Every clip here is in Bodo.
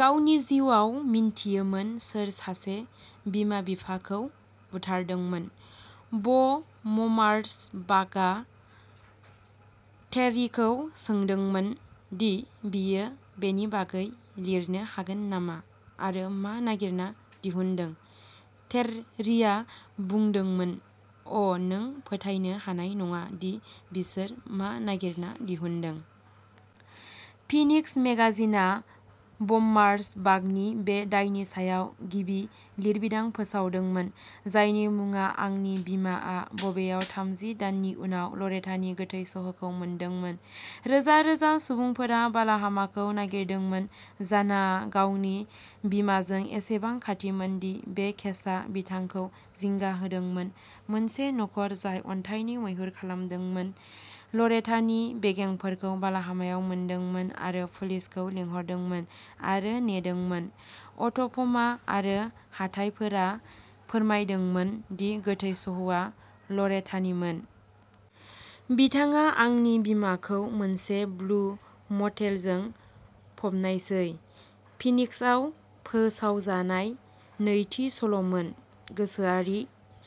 गावनि जिउआव मोनथियोमोन सोर सासे बिमा बिफाखौ बुथारदोंमोन ब'म्मार्सबाखआ टेर्रिखौ सोंदोंमोन दि बियो बेनि बागै लिरनो हागोन नामा आरो मा नागिरना दिहुनदों टेर्रिआ बुंदोंमोन अ'नों फोथायनो हानाय नङा दि बिसोर मा नागिरना दिहुनदों फिनिक्स मेगाजिनआ ब'म्मार्सबाखनि बे दायनि सायाव गिबि लिरबिदां फोसावदोंमोन जायनि मुङा आंनि बिमाआ बबेयाव थामजि दाननि उनाव लरेटानि गोथै सह'खौ मोनदोंमोन रोजा रोजा सुबुंफोरा बालाहामाखौ नागिरदोंमोन जानाआ गावनि बिमाजों एसेबां खाथिमोन दि बे केसआ बिथांखौ जिंगा होदोंमोन मोनसे नखर जाय अन्थाइनि मैहुर खालामदोंमोन लरेटानि बेगेंफोरखौ बालाहामायाव मोनदोंमोन आरो पुलिसखौ लिंहरदोंमोन आरो नेदोंमोन अट'प'मा आरो हाथाइफोरा फोरमायदोंमोन दि गोथै सह'आ लरेटानिमोन। बिथाङा आंनि बिमाखौ मोनसे ब्लु मटेलजों फबनायसै फिनिक्सआव फोसावजानाय नैथि सल'मोन गोसोआरि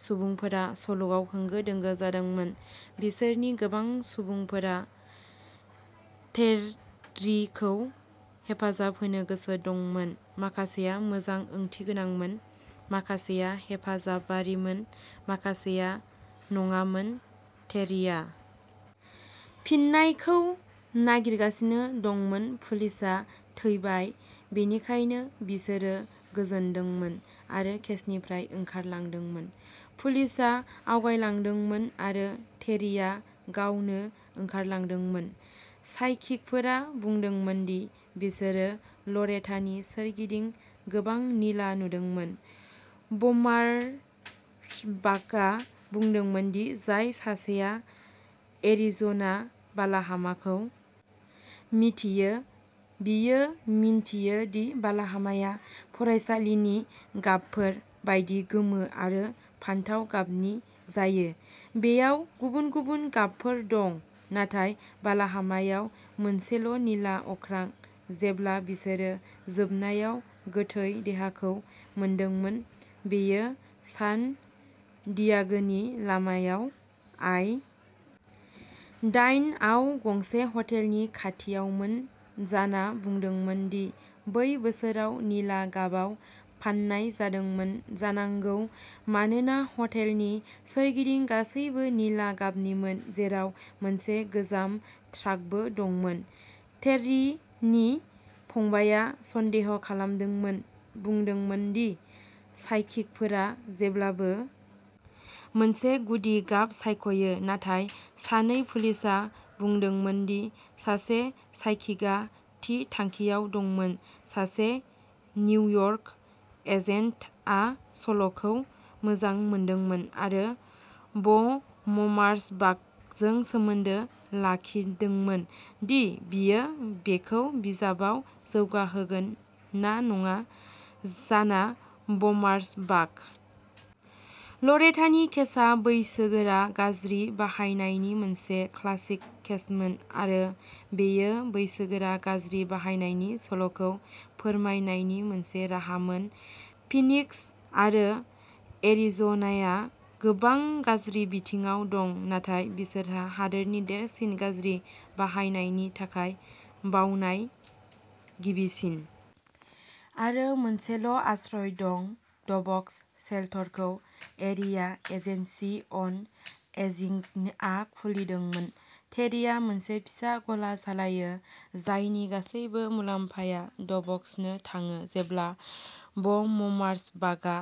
सुबुंफोरा सल'आव होंगो दोंगो जादोंमोन बिसोरनि गोबां सुबुंफोरा टेर्रिखौ हेफाजाब होनो गोसो दंमोन माखासेया मोजां ओंथिगोनांमोन माखासेया हेफाजाबारिमोन माखासेया नङामोन टेर्रिआ फिननायखौ नागिरगासिनो दंमोन पुलिसआ थैबाय बेनिखायनो बिसोरो गोजोनदोंमोन आरो केसनिफ्राय ओंखारलांदोंमोन पुलिसआ आवगायलांदोंमोन आरो टेरिआ गावनो ओंखारलांदोंमोन साइकिकफोरा बुंदोंमोन दि बिसोरो लरेटानि सोरगिदिं गोबां निला नुदोंमोन ब'म्मार्सबाकआ बुंदोंमोन दि जाय सासेआ एरिज'ना बालाहामाखौ मिथियो बियो मिन्थियो दि बालाहामाया फरायसालिनि गाबफोर बायदि गोमो आरो फान्थाव गाबनि जायो बेयाव गुबुन गुबुन गाबफोर दं नाथाय बालाहामायाव मोनसेल'निला अख्रां जेब्ला बिसोरो जोबनायाव गोथै देहाखौ मोनदोंमोन बेयो सान डियागोनि लामायाव आइ दाइन आव गंसे हटेलनि खाथियावमोन जाना बुंदोंमोन दि बै बोसोराव निला गाबआव फाननाय जादोंमोन जानांगौ मानोना हटेलनि सोरगिदिं गासैबो निला गाबनिमोन जेराव मोनसे गोजाम ट्राकबो दंमोन टेर्रीनि फंबायआ सन्देह'खालामदोंमोन बुंदोंमोन दि साइकिकफोरा जेब्लाबो मोनसे गुदि गाब सायख'यो नाथाय सानै पुलिसआ बुंदोंमोन दि सासे साइकिकआ थि थांखियाव दंमोन सासे निउयर्क एजेन्टआ सल'खौ मोजां मोनदोंमोन आरो ब'म्मार्सबाकजों सोमोन्दो लाखिदोंमोन दि बियो बेखौ बिजाबआव जौगाहोगोन ना नङा जाना ब'म्मार्सबाक लरेटानि केसआ बैसोगोरा गाज्रि बाहायनायनि मोनसे क्लासिक केसमोन आरो बेयो बैसोगोरा गाज्रि बाहायनायनि सल'खौ फोरमायनायनि मोनसे राहामोन फिनिक्स आरो एरिज'नाया गोबां गाज्रि बिथिङाव दं नाथाय बिसोरहा हादोरनि देरसिन गाज्रि बाहायनायनि थाखाय बावनाय गिबिसिन आरो मोनसेल' आश्रय दं ड'भ्स शेल्टरखौ एरिया एजेन्सि अन एजिंगआ खुलिदोंमोन टेरीआ मोनसे फिसा गला सालायो जायनि गासैबो मुलाम्फाया ड'भ्सनो थाङो जेब्ला ब'म्मार्सबाकआ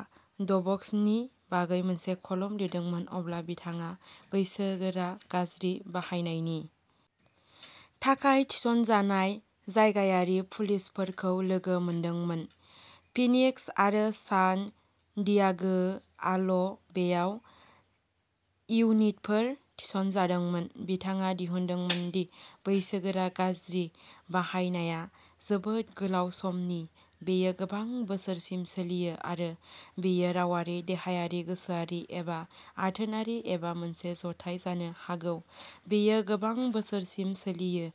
ड'भ्सनि बागै मोनसे कलम लिरदोंमोन अब्ला बिथाङा बैसोगोरा गाज्रि बाहायनायनि थाखाय थिसनजानाय जायगायारि पुलिसफोरखौ लोगो मोनदोंमोन फिनिक्स आरो सान डियागोआल'बेयाव इउनिटफोर थिसनजादोंमोन बिथाङा दिहुनदोंमोन दि बैसोगोरा गाज्रि बाहायनाया जोबोद गोलाव समनि बेयो गोबां बोसोरसिम सोलियो आरो बेयो रावारि देहायारि गोसोआरि एबा आथोनारि एबा मोनसे जथाय जानो हागौ बेयो गोबां बोसोरसिम सोलियो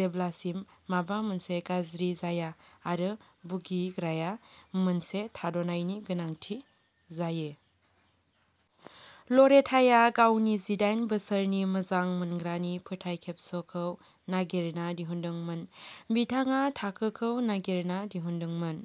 जेब्लासिम माबा मोनसे गाज्रि जाया आरो भुगिग्राया मोनसे थाद'नायनि गोनांथि जायो। लरेटाया गावनि जिदाइन बोसोरनि मोजां मोनग्रानि फोथायखेबस'खौ नागिरना दिहुनदोंमोन बिथाङा थाखोखौ नागिरना दिहुनदोंमोन।